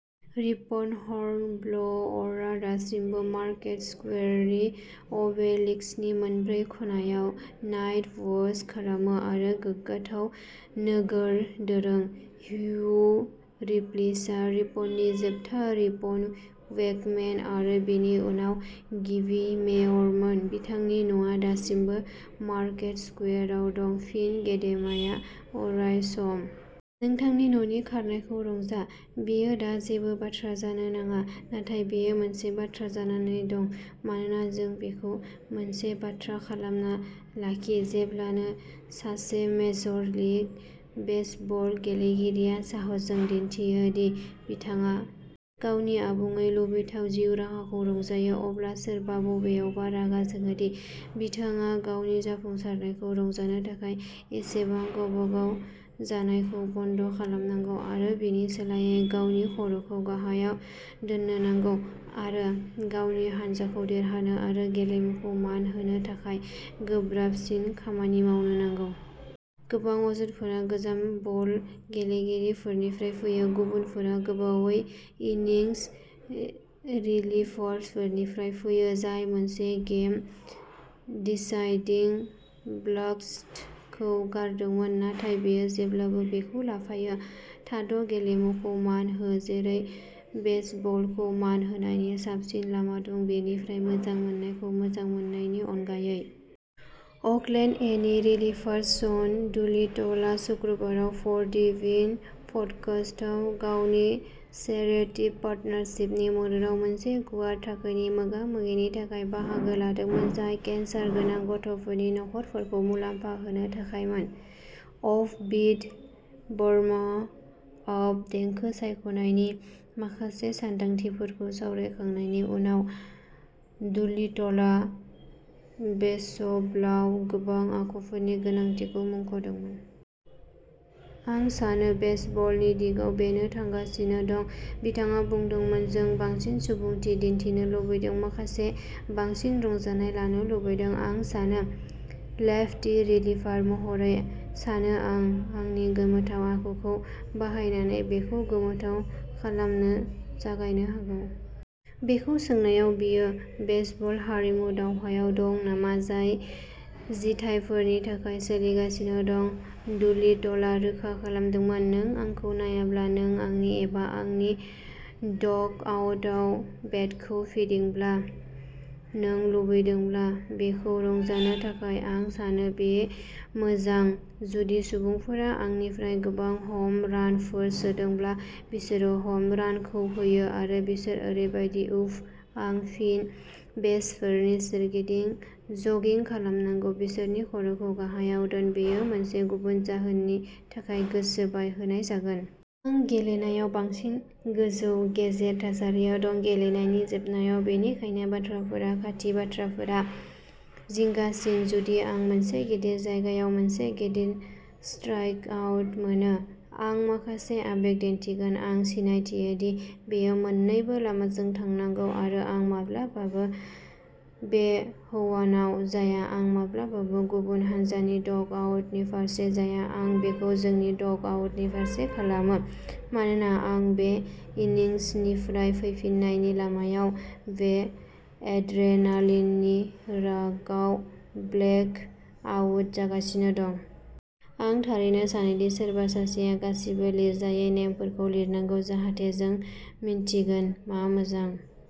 Ripon हर्नब्ल’अरआ दासिमबो market स्कुवेरनि अबेलिस्कनि मोनब्रै खनायाव नाइट वाच' खालामो मोनसे गोग्गाथाव नोगोर दोरों। हियु रिप्लिआ रिपननि जोबथा रिपन वेकमेन आरो बेनि उनाव गिबि मेयरमोन। बिथांनि न'आ दासिमबो मार्केट स्कुवेराव दं। फिन गेदेमाया अरायसम। नोंथांनि न'नि खारनायखौ रंजा। बेयो दा जेबो बाथ्रा जानो नाङा, नाथाय बेयो मोनसे बाथ्रा जानानै दं मानोना जों बेखौ मोनसे बाथ्रा खालामना लाखि जेब्लानो सासे मेजर लीग बेसबल गेलेगिरिया साहसजों दिन्थियो दि बिथाङा गावनि आबुङै लुबैथाव जिउ राहाखौ रंजायो, अब्ला सोरबा बबेयावबा रागा जोङो दि बिथाङा गावनि जाफुंसारनायफोरखौ रंजानो थाखाय एसेबां गावबागाव जानायखौ बन्द' खालामनांगौ आरो बेनि सोलायै गावनि खर'खौ गाहायाव दोननो नांगौ आरो गावनि हानजाखौ देरहानो आरो गेलेमुखौ मान होनो थाखाय गोब्राबसिन खामानि मावनो नांगौ। गोबां अजदफोरा गोजाम बल गेलेगिरिफोरनिफ्राय फैयो; गुबुनफोरा गोबावै इनिंस रिलिभारफोरनिफ्राय फैयो जाय मोनसे गेम डिसाइडिं ब्लास्टखौ गारदोंमोन। नाथाय बेयो जेब्लाबो बेखौ लाफायो। थाद' गेलेमुखौ मान हो जेरै बेसबलखौ मान होनायनि साबसिन लामा दं, बेनिफ्राय मोजां मोननायखौ मोजां मोननायनि अनगायै। अकलेन्ड ए नि रिलिभार शन डुलिटलआ सुक्रुबाराव फर दि विन पडकास्टआव गावनि चेरिटि पार्टनारशिपनि मददाव मोनसे गुवार थाखोनि मोगा-मोगिनि थाखाय बाहागो लादोंमोन, जाय केन्सार गोनां गथ'फोरनि नखरफोरखौ मुलाम्फा होनो थाखायमोन। अफ बिट वार्मआप देंखो सायख'नायनि माखासे सानदांथिफोरखौ सावरायखांनायनि उनाव, डुलिटलआ बेसबलाव गोबां आखुफोरनि गोनांथिखौ मुंख'दोंमोन। आं सानो बेसबलनि दिगाव बेनो थांगासिनो दं, बिथाङा बुंदोंमोन। जों बांसिन सुबुंथि दिन्थिनो लुबैदों, माखासे बांसिन रंजानाय लानो लुबैदों। आं सासे लेफ्टी रिलिभार महरै सानो आं आंनि गोमोथाव आखुखौ बाहायनानै बेखौ गोमोथाव खालामनो जागायनो हागौ। बेखौ सोंनायाव बियो बेसबल हारिमु दावहायाव दं नामा, जाय जिथायफोरनि थाखाय सोलिगासिनो दं, डुलिटलआ रोखा खालामदोंमोन। नों आंखौ नायाब्ला नों आंनि एबा आंनि डगआउटआव बेटखौ फिदिंाब्ला, नों लुबैदोंब्ला। बेखौ रंजानो थाखाय, आं सानो बेयो मोजां जुदि सुबुंफोरा आंनिफ्राय गोबां ह'म रानफोर सोदोंब्ला बिसोरो ह'म रानखौ सोयो आरो बिसोर ओरैबायदि उफ आं फिन बेसफोरनि सोरगिदिं जगिं खालामनांगौ बिसोरनि खर'खौ गाहायाव दोन, बेयो मोनसे गुबुन जाहोननि थाखाय गोसो बायहोनाय जागोन। आं गेलेनायाव बांसिन गोजौ गेजेर थासारियाव दं, गेलेनायनि जोबनायाव, बेनिखायनो बाथ्राफोरा खाथि बाथ्राफोरा जिंगासिन जुदि आं मोनसे गिदिर जायगायाव मोनसे गिदिर स्ट्राइकआउट मोनो आं माखासे आबेग दिन्थिगोन। आं सिनायथियो दि बेयो मोन्नैबो लामाजों थांनांगौ आरो आं माब्लाबाबो बे हौवानाव जाया, आं माब्लाबाबो गुबुन हानजानि डगआउटनि फारसे जाया, आं बेखौ जोंनि डग आउटनि फारसे खालामो मानोना आं बे इनिंसनिफ्राय फैफिननायनि लामायाव बे एड्रेनालिननि रागआव ब्लेक आउट जागासिनो दं। आं थारैनो सानो दि सोरबा सासेआ गासिबो लिरजायै नेमफोरखौ लिरनांगौ, जाहाथे जों मिन्थिगोन मा मोजां।